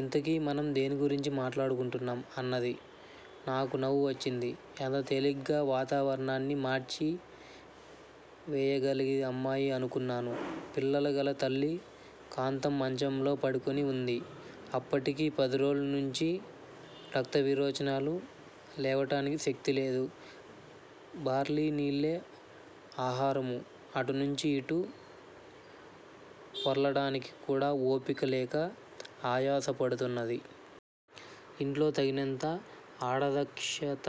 ఇంతకీ మనం దేన్నిగురించి మాట్లాడుకుంటున్నాం? అన్నది. నాకూ నవ్వు వచ్చింది. ఎంత తేలికగా వాతావరణాన్ని మార్చి వేయగలదీ అమ్మాయి అనుకున్నాను. పిల్లలు గల తల్లి కాంతం మంచంలో పడుకొని వుంది. అప్పటికి పదిరోజుల నుంచీ రక్త విరోచనాలు. లేవటానికి శక్తి లేదు. బార్లినీళ్ళే ఆహారము. అటునుంచి యిటు పొర్లటానికి కూడా ఓపిక లేక ఆయాస పడుతున్నది. ఇంట్లో తగినంత ఆడదక్షత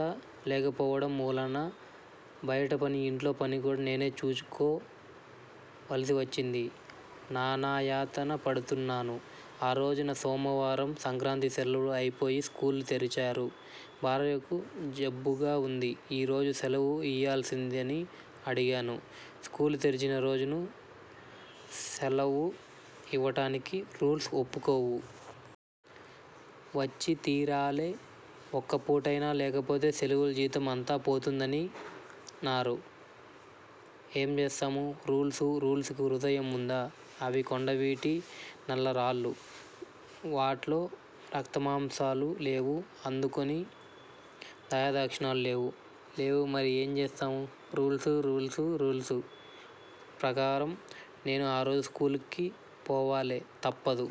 లేకపోవడం మూలన బయటపని ఇంట్లో పనికూడా నేనే చూచుకో వలసి వచ్చింది. నానాయాతన పడుతున్నాను. ఆ రోజున సోమవారం సంక్రాంతి సెలవులు అయిపోయి స్కూలు తెరిచారు. భార్యకు జబ్బుగా వుంది. ఈ రోజున సెలవు ఇయ్యాలిసిందని అడిగాను. స్కూలు తెరిచిన రోజున సెలవు యివ్వటానికి రూల్సు ఒప్పుకోవు. వచ్చి తీరాలె ఒక్క పూటైనా, లేకపోతే సెలవుల జీతం అంతా పోతుందన్నారు. ఏం జేస్తాము. రూల్సు! రూల్సుకు హృదయం ఉందా? అవి కొండవీటి నల్ల రాళ్ళు. వాట్లో రక్తమాంసాలు లేవు, అందుకోని దయాదాక్షిణ్యాలు లేవు. లేవు మరి ఏం జేస్తానూ! రూల్సు! రూల్సు! రూల్సు ప్రకారం నేను ఆ రోజు స్కూలుకి పోవాలె, తప్పదు.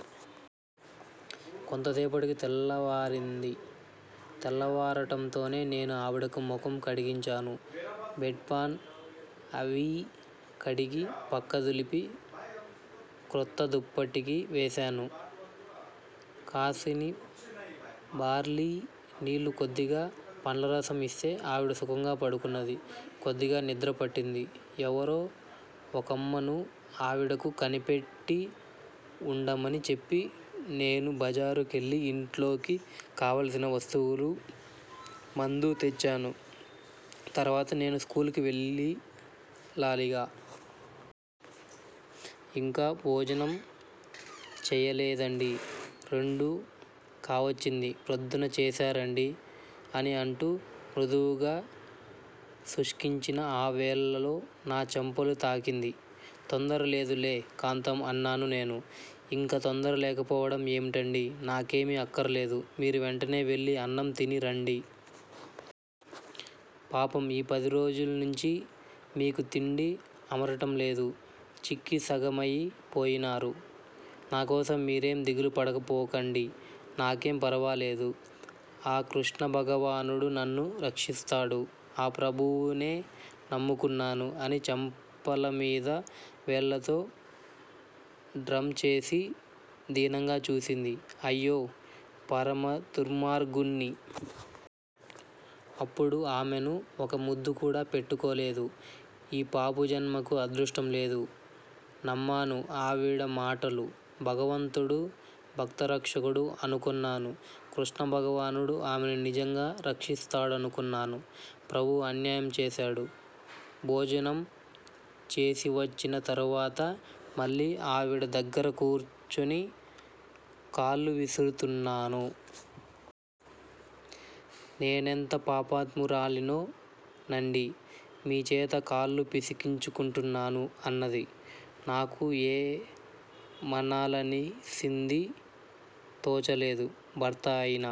కొంతసేపటికి తెల్లవారింది. తెల్లవారటంతోనే నేనూ ఆవిడకు మొఖం కడిగించాను, బెడ్ పాన్ అవీ కడిగి, పక్క దులిపి_క్రొత్త దుప్పటికి వేశాను. కాసిని బార్లీ నీళ్ళు కొద్దిగా పండ్లరసం యిస్తే ఆవిడ సుఖంగా పడుకొన్నది. కొద్దిగా నిద్ర పట్టింది. ఎవరో ఒకమ్మను, ఆవిడకు కనిపెట్టివుండమని చెప్పి, నేను బజారు కెళ్ళి ఇంట్లోకి కావలసిన వస్తువులూ; మందూ తెచ్చాను తరువాత నేను స్కూలుకు వెళ్ళి లాలిగా! ఇంకా భోజనం చెయ్యలేదండీ? రెండు కావచ్చింది. ప్రొద్దున చేసిరండీ అని అంటూ మృదువుగా శుష్కించిన ఆ వేళ్ళలో నా చెంపలు తాకింది, తొందర లేదులే కాంతం అన్నాను నేను. ఇంకా తొందర లేకపోవటం ఏమిటండీ? నాకేమీ అక్కరలేదు. మీరు వెంటనే వెళ్ళి అన్నం తిని రండి. పాపం, ఈ పదిరోజుల నుంచీ మీకు తిండి అమరటం లేదు. చిక్కి సగమయి పోయినారు, నాకోసం మీరేం దిగులుపడబోకండి. నాకేం ఫరవాలేదు. ఆ కృష్ణభగవానుడు నన్ను రక్షిస్తాడు. ఆ ప్రభువునే నమ్ముకున్నాను. అని చెంపల మీద వేళ్ళతో డ్రం చేసి దీనంగా చూసింది. అయ్యో పరమదుర్మార్గుణ్ణి. అపుడు ఆమెను ఒక ముద్దుకూడా పెట్టుకోలేదు. ఈ పాపూజన్మకు అదృష్టం లేదు. నమ్మాను ఆవిడ మాటలు. భగవంతుడు భక్త రక్షకుడు అనుకొన్నాను. కృష్ణ భగవానుడు ఆమెను నిజంగా రక్షిస్తాడనుకొన్నాను. ప్రభువు అన్యాయం చేశాడు. భోజనం చేసివచ్చిన తరువాత మళ్ళీ ఆవిడ దగ్గర కూర్చుని కాళ్ళు విసురుతున్నాను. నేనెంత పాపాత్మురాలినో నండి. మీచేత కాళ్ళు పిసికించుకుంటున్నాను అన్నది, నాకు ఏమనాలిసింది తోచలేదు, భర్త అయిన